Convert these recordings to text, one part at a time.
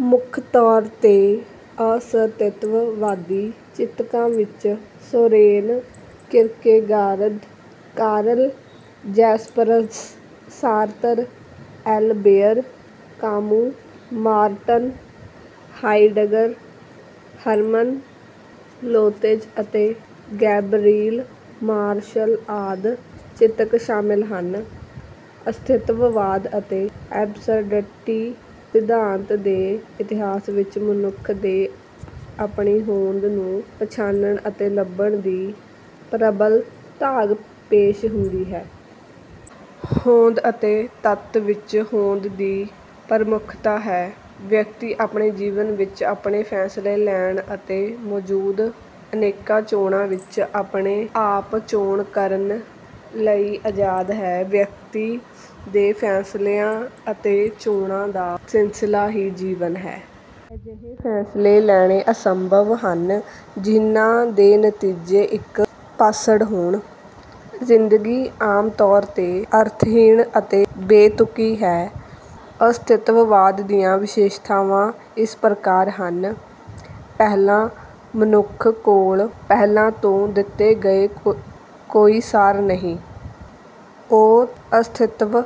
ਮੁੱਖ ਤੌਰ 'ਤੇ ਅਸਤਿਤਵਵਾਦੀ ਚਿਤਕਾਂ ਵਿੱਚ Soren Kierkegaard, Karl Jaspers, Sartre, Albert Camus, Martin Heidegger, Hermann Lotze ਅਤੇ ਗੈਬਰੀਲ ਮਾਰਸ਼ਲ ਆਦਿ ਚਿਤਕ ਸ਼ਾਮਲ ਹਨ। ਅਸਤਿਤਵਵਾਦ ਅਤੇ ਐਬਸਰਡਿਟੀ ਸਿਧਾਂਤ ਦੇ ਇਤਿਹਾਸ ਵਿੱਚ ਮਨੁੱਖ ਦੇ ਆਪਣੀ ਹੋਂਦ ਨੂੰ ਪਛਾਣਨ ਅਤੇ ਲੱਭਣ ਦੀ ਪ੍ਰਬਲ ਤਾਘ ਪੇਸ਼ ਹੁੰਦੀ ਹੈ। ਹੋਂਦ ਅਤੇ ਤੱਤ ਵਿੱਚੋਂ ਹੋਂਦ ਦੀ ਪ੍ਰਮੁੱਖਤਾ ਹੈ। ਵਿਅਕਤੀ ਆਪਣੇ ਜੀਵਨ ਵਿੱਚ ਆਪਣੇ ਫ਼ੈਸਲੇ ਲੈਣ ਅਤੇ ਮੌਜੂਦ ਅਨੇਕਾਂ ਚੋਣਾਂ ਵਿੱਚ ਅਪਣੇ ਆਪ ਚੋਣ ਕਰਨ ਲਈ ਆਜ਼ਾਦ ਹੈ। ਵਿਅਕਤੀ ਦੇ ਫ਼ੈਸਲਿਆਂ ਅਤੇ ਚੋਣਾਂ ਦਾ ਸਿਲਸਿਲਾ ਹੀ ਜੀਵਨ ਹੈ। ਅਜਿਹੇ ਫ਼ੈਸਲੇ ਲੈਣੇ ਅਸੰਭਵ ਹਨ ਜਿਨ੍ਹਾਂ ਦੇ ਨਤੀਜੇ ਇੱਕ-ਪਾਸੜ ਹੋਣ। ਜ਼ਿੰਦਗੀ ਆਮ ਤੌਰ 'ਤੇ ਅਰਥਹੀਣ ਅਤੇ ਬੇਤੁਕੀ ਹੈ। ਅਸਤਿਤਵਾਦ ਦੀਆਂ ਵਿਸ਼ੇਸ਼ਤਾਵਾਂ ਇਸ ਪ੍ਰਕਾਰ ਹਨ। ਪਹਿਲਾ, ਮਨੁੱਖ ਕੋਲ ਪਹਿਲਾ ਤੋਂ ਦਿੱਤੇ ਗਿਆ ਕੋਈ ਸਾਰ ਨਹੀਂ, ਉਹ ਅਸਤਿਤਵ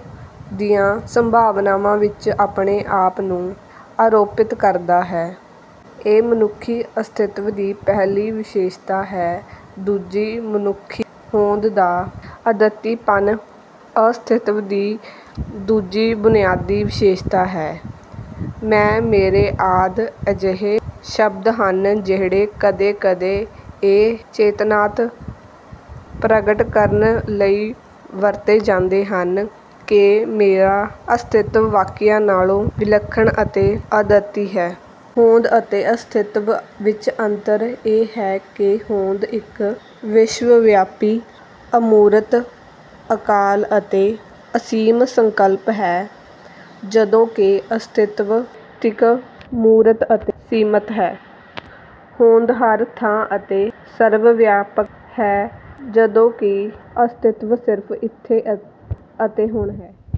ਦੀਆਂ ਸੰਭਾਵਨਾਵਾਂ ਵਿੱਚ ਆਪਣੇ ਆਪ ਨੂੰ ਆਰੋਪਿਤ ਕਰਦਾ ਹੈ। ਇਹ ਮਨੁੱਖੀ ਅਸਤਿਤਵ ਦੀ ਪਹਿਲੀ ਵਿਸ਼ੇਸ਼ਤਾ ਹੈ। ਦੂਜੀ, ਮਨੁੱਖੀ ਹੋਂਦ ਦਾ ਅਦੁੱਤੀਪਨ ਅਸਤਿਤਵ ਦੀ ਦੂਜੀ ਬੁਨਿਆਦੀ ਵਿਸ਼ੇਸ਼ਤਾ ਹੈ। ਮੈਂ, ਮੇਰਾ ਆਦਿ ਅਜਿਹੇ ਸ਼ਬਦ ਹਨ ਜਿਹੜੇ ਕਦੇ-ਕਦੇ ਇਹ ਚੇਤਨਾਤ ਪ੍ਰਗਟ ਕਰਨ ਲਈ ਵਰਤੇ ਜਾਂਦੇ ਹਨ ਕਿ ਮੇਰਾ ਅਸਤਿਤਵ ਬਾਕੀਆਂ ਨਾਲੋਂ ਵਿਲੱਖਣ ਅਤੇ ਅਦਤੀ ਹੈ। ਹੋਂਦ ਅਤੇ ਅਸਤਿਤਵ ਵਿੱਚ ਅੰਤਰ ਇਹ ਹੈ ਕਿ ਹੋਂਦ ਇੱਕ ਵਿਸ਼ਵ ਵਿਆਪੀ, ਅਮੂਰਤ, ਅਕਾਲ ਅਤੇ ਅਸੀਮ ਸੰਕਲਪ ਹੈ, ਜਦੋਂਕਿ ਅਸਤਿਤਵ ਵਿਅਕਤਿਕ, ਮੂਰਤ ਅਤੇ ਸੀਮਤ ਹੈ। ਹੋਂਦ ਹਰ ਥਾਂ ਅਤੇ ਸਰਵ-ਵਿਆਪਕ ਹੈ ਜਦੋਂ ਕਿ ਅਸਤਿਤਵ ਸਿਰਫ਼ ਇੱਥੇ ਅਤੇ ਹੁਣ ਹੈ।